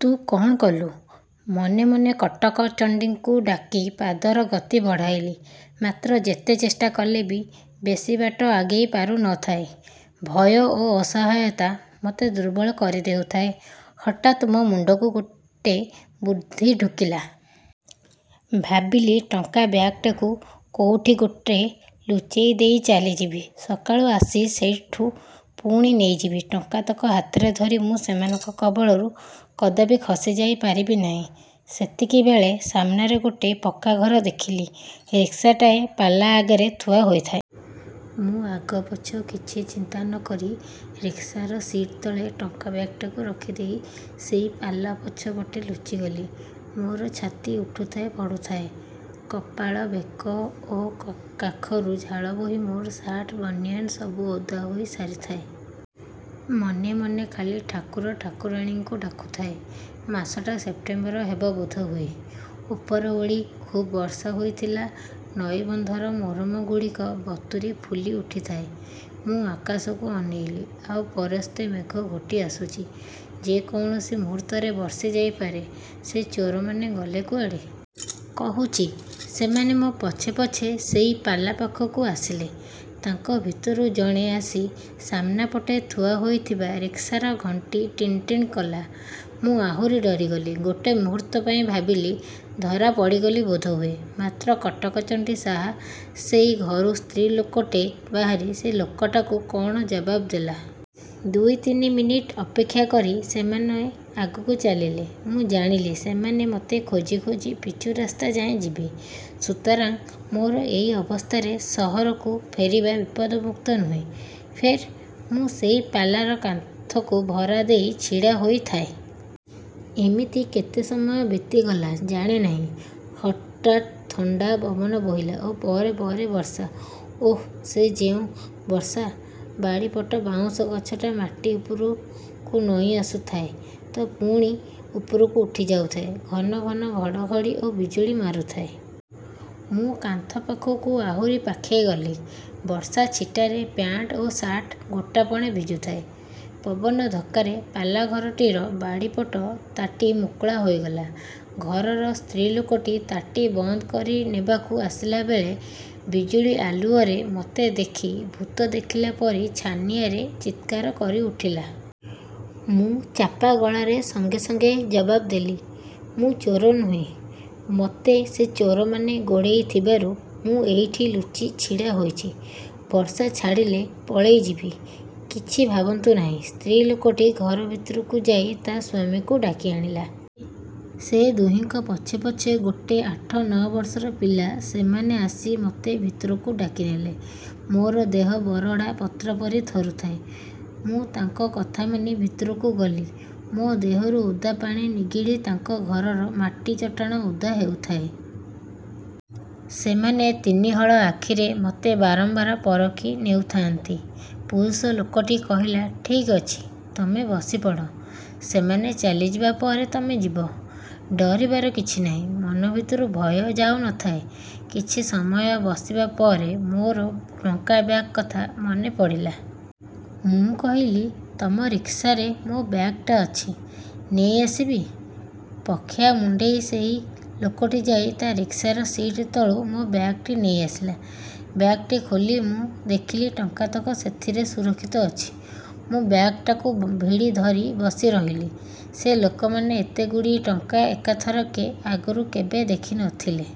ତୁ କ'ଣ କଲୁ? ମନେ ମନେ କଟକ ଚଣ୍ଡୀଙ୍କୁ ଡାକି ପାଦର ଗତି ବଢ଼ାଇଲି। ମାତ୍ର ଯେତେ ଚେଷ୍ଟା କଲେ ବି ବେଶି ବାଟ ଆଗେଇ ପାରୁ ନ ଥାଏ। ଭୟ ଓ ଅସହାୟତା ମୋତେ ଦୁର୍ବଳ କରି ଦେଉଥାଏ। ହଠାତ୍ ମୋ ମୁଣ୍ଡକୁ ଗୋଟେ ବୁଦ୍ଧି ଢୁକିଲା। ଭାବିଲି, ଟଙ୍କା ବ୍ୟାଗ୍‌ଟାକୁ କୋଉଠି ଗୋଟେ ଲୁଚେଇ ଦେଇ ଚାଲିଯିବି। ସକାଳୁ ଆସି ସେଠୁ ପୁଣି ନେଇଯିବି। ଟଙ୍କାତକ ହାତରେ ଧରି ମୁଁ ସେମାନଙ୍କ କବଳରୁ କଦାପି ଖସି ଯାଇ ପାରିବି ନାହିଁ। ସେତିକିବେଳେ ସାମ୍ନାରେ ଗୋଟେ ପକ୍କା ଘର ଦେଖିଲି। ରିକ୍ସାଟାଏ ପାଲା ଆଗରେ ଥୁଆ ହୋଇଥାଏ। ମୁଁ ଆଗପଛ କିଛି ଚିନ୍ତା ନ କରି ରିକ୍ସାର ସିଟ୍ ତଳେ ଟଙ୍କା ବ୍ୟାଗ୍‌ଟାକୁ ରଖିଦେଇ ସେଇ ପାଲା ପଛପଟେ ଲୁଚିଗଲି। ମୋର ଛାତି ଉଠୁଥାଏ ପଡ଼ୁଥାଏ। କପାଳ, ବେକ ଓ କାଖରୁ ଝାଳ ବୋହି ମୋର ସାର୍ଟ ବ୍ୟାନିୟନ୍ ସବୁ ଓଦା ହୋଇ ସାରିଥାଏ। ମନେ ମନେ ଖାଲି ଠାକୁର ଠାକୁରାଣୀଙ୍କୁ ଡାକୁଥାଏ। ମାସଟା ସେପ୍ଟେମ୍ବର ହେବ ବୋଧହୁଏ। ଉପରଓଳି ଖୁବ୍ ବର୍ଷା ହୋଇଥିଲା। ନଈବନ୍ଧର ମୋରମଗୁଡ଼ିକ ବତୁରି ଫୁଲି ଉଠିଥାଏ। ମୁଁ ଆକାଶକୁ ଅନେଇଲି। ଆଉ ପରସ୍ତେ ମେଘ ଘୋଟି ଆସୁଛି, ଯେ କୌଣସି ମୁହୂର୍ତ୍ତରେ ବର୍ଷି ଯାଇପାରେ। ସେ ଚୋରମାନେ ଗଲେ କୁଆଡ଼େ? କହୁଛି। ସେମାନେ ମୋ ପଛେ ପଛେ ସେଇ ପାଲା ପାଖକୁ ଆସିଲେ। ତାଙ୍କ ଭିତରୁ ଜଣେ ଆସି ସାମ୍ନାପଟେ ଥୁଆ ହୋଇଥିବା ରିକ୍ସାର ଘଣ୍ଟି ଟିଣ୍ ଟିଣ୍ କଲା। ମୁଁ ଆହୁରି ଡରିଗଲି। ଗୋଟେ ମୁହୂର୍ତ୍ତ ପାଇଁ ଭାବିଲି, ଧରା ପଡ଼ିଗଲି ବୋଧହୁଏ। ମାତ୍ର କଟକଚଣ୍ଡୀ ସାହା, ସେଇ ଘରୁ ସ୍ତ୍ରୀ ଲୋକଟେ ବାହାରି ସେ ଲୋକଟାକୁ କ'ଣ ଜବାବ ଦେଲା। ଦୁଇ ତିନି ମିନିଟ୍ ଅପେକ୍ଷା କରି ସେମାନେ ଆଗକୁ ଚାଲିଲେ। ମୁଁ ଜାଣିଲି, ସେମାନେ ମୋତେ ଖୋଜି ଖୋଜି ପିଚୁ ରାସ୍ତା ଯାଏ ଯିବେ। ସୁତରାଂ ମୋର ଏଇ ଅବସ୍ଥାରେ ସହରକୁ ଫେରିବା ବିପଦମୁକ୍ତ ନୁହେଁ। ଫେର୍? ମୁଁ ସେଇ ପାଲାର କାନ୍ଥକୁ ଭରା ଦେଇ ଛିଡ଼ା ହୋଇଥାଏ। ଏମିତି କେତେ ସମୟ ବିତିଗଲା ଜାଣେ ନାହିଁ। ହଠାତ୍ ଥଣ୍ଡା ପବନ ବୋହିଲା ଓ ପରେ ପରେ ବର୍ଷା। ଓଃ, ସେ ଯେଉଁ ବର୍ଷା! ବାଡ଼ିପଟ ବାଉଁଶ ଗଛଟା ମାଟି ଉପରକୁ ନଇଁ ଆସୁଥାଏ ତ ପୁଣି ଉପରକୁ ଉଠି ଯାଉଥାଏ। ଘନ ଘନ ଘଡ଼ଘଡ଼ି ଓ ବିଜୁଳି ମାରୁଥାଏ। ମୁଁ କାନ୍ଥ ପାଖକୁ ଆହୁରି ପାଖେଇ ଗଲି। ବର୍ଷା ଛିଟାରେ ପ୍ୟାଣ୍ଟ୍ ଓ ସାର୍ଟ ଗୋଟାପଣେ ଭିଜୁଥାଏ। ପବନ ଧକ୍କାରେ ପାଲା ଘରଟିର ବାଡ଼ିପଟ ତାଟି ମୁକୁଳା ହୋଇଗଲା। ଘରର ସ୍ତ୍ରୀ ଲୋକଟି ତାଟି ବନ୍ଦ କରିନେବାକୁ ଆସିଲା ବେଳେ ବିଜୁଳି ଆଲୁଅରେ ମୋତେ ଦେଖି ଭୂତ ଦେଖିଲା ପରି ଛାନିଆରେ ଚିତ୍କାର କରି ଉଠିଲା। ମୁଁ ଚାପା ଗଳାରେ ସଙ୍ଗେ ସଙ୍ଗେ ଜବାବ ଦେଲି, "ମୁଁ ଚୋର ନୁହେଁ। ମୋତେ ସେ ଚୋରମାନେ ଗୋଡ଼େଇଥିବାରୁ ମୁଁ ଏଇଠି ଲୁଚି ଛିଡ଼ା ହୋଇଛି। ବର୍ଷା ଛାଡ଼ିଲେ ପଳେଇ ଯିବି। କିଛି ଭାବନ୍ତୁ ନାହିଁ।" ସ୍ତ୍ରୀ ଲୋକଟି ଘର ଭିତରକୁ ଯାଇ ତା' ସ୍ୱାମୀକୁ ଡାକି ଆଣିଲା। ସେ ଦୁହିଁଙ୍କ ପଛେ ପଛେ ଗୋଟେ ଆଠ ନଅ ବର୍ଷର ପିଲା। ସେମାନେ ଆସି ମୋତେ ଭିତରକୁ ଡାକି ନେଲେ। ମୋର ଦେହ ବରଡ଼ା ପତ୍ର ପରି ଥରୁଥାଏ। ମୁଁ ତାଙ୍କ କଥା ମାନି ଭିତରକୁ ଗଲି। ମୋ ଦେହରୁ ଓଦା ପାଣି ନିଗିଡ଼ି ତାଙ୍କ ଘରର ମାଟି ଚଟାଣ ଓଦା ହେଉଥାଏ। ସେମାନେ ତିନି ହଳ ଆଖିରେ ମୋତେ ବାରମ୍ବାର ପରଖି ନେଉଥାଆନ୍ତି। ପୁରୁଷ ଲୋକଟି କହିଲା, "ଠିକ୍ ଅଛି, ତମେ ବସି ପଡ଼। ସେମାନେ ଚାଲିଯିବା ପରେ ତମେ ଯିବ। ଡରିବାର କିଛି ନାହିଁ।" ମନ ଭିତରୁ ଭୟ ଯାଉ ନଥାଏ। କିଛି ସମୟ ବସିବା ପରେ ମୋର ଟଙ୍କା ବ୍ୟାଗ୍ କଥା ମନେ ପଡ଼ିଲା। ମୁଁ କହିଲି, "ତମ ରିକ୍ସାରେ ମୋ ବ୍ୟାଗ୍‌ଟା ଅଛି, ନେଇ ଆସିବି!" ପଖିଆ ମୁଣ୍ଡେଇ ସେଇ ଲୋକଟି ଯାଇ ତା' ରିକ୍ସାର ସିଟ୍ ତଳୁ ମୋ ବ୍ୟାଗ୍‌ଟା ନେଇ ଆସିଲା। ବ୍ୟାଗ୍‌ଟା ଖୋଲି ମୁଁ ଦେଖିଲି ଟଙ୍କାତକ ସେଥିରେ ସୁରକ୍ଷିତ ଅଛି। ମୁଁ ବ୍ୟାଗ୍‌ଟାକୁ ଭିଡ଼ି ଧରି ବସି ରହିଲି। ସେ ଲୋକମାନେ ଏତେଗୁଡ଼ିଏ ଟଙ୍କା ଏକାଥରକେ ଆଗରୁ କେବେ ଦେଖି ନଥିଲେ।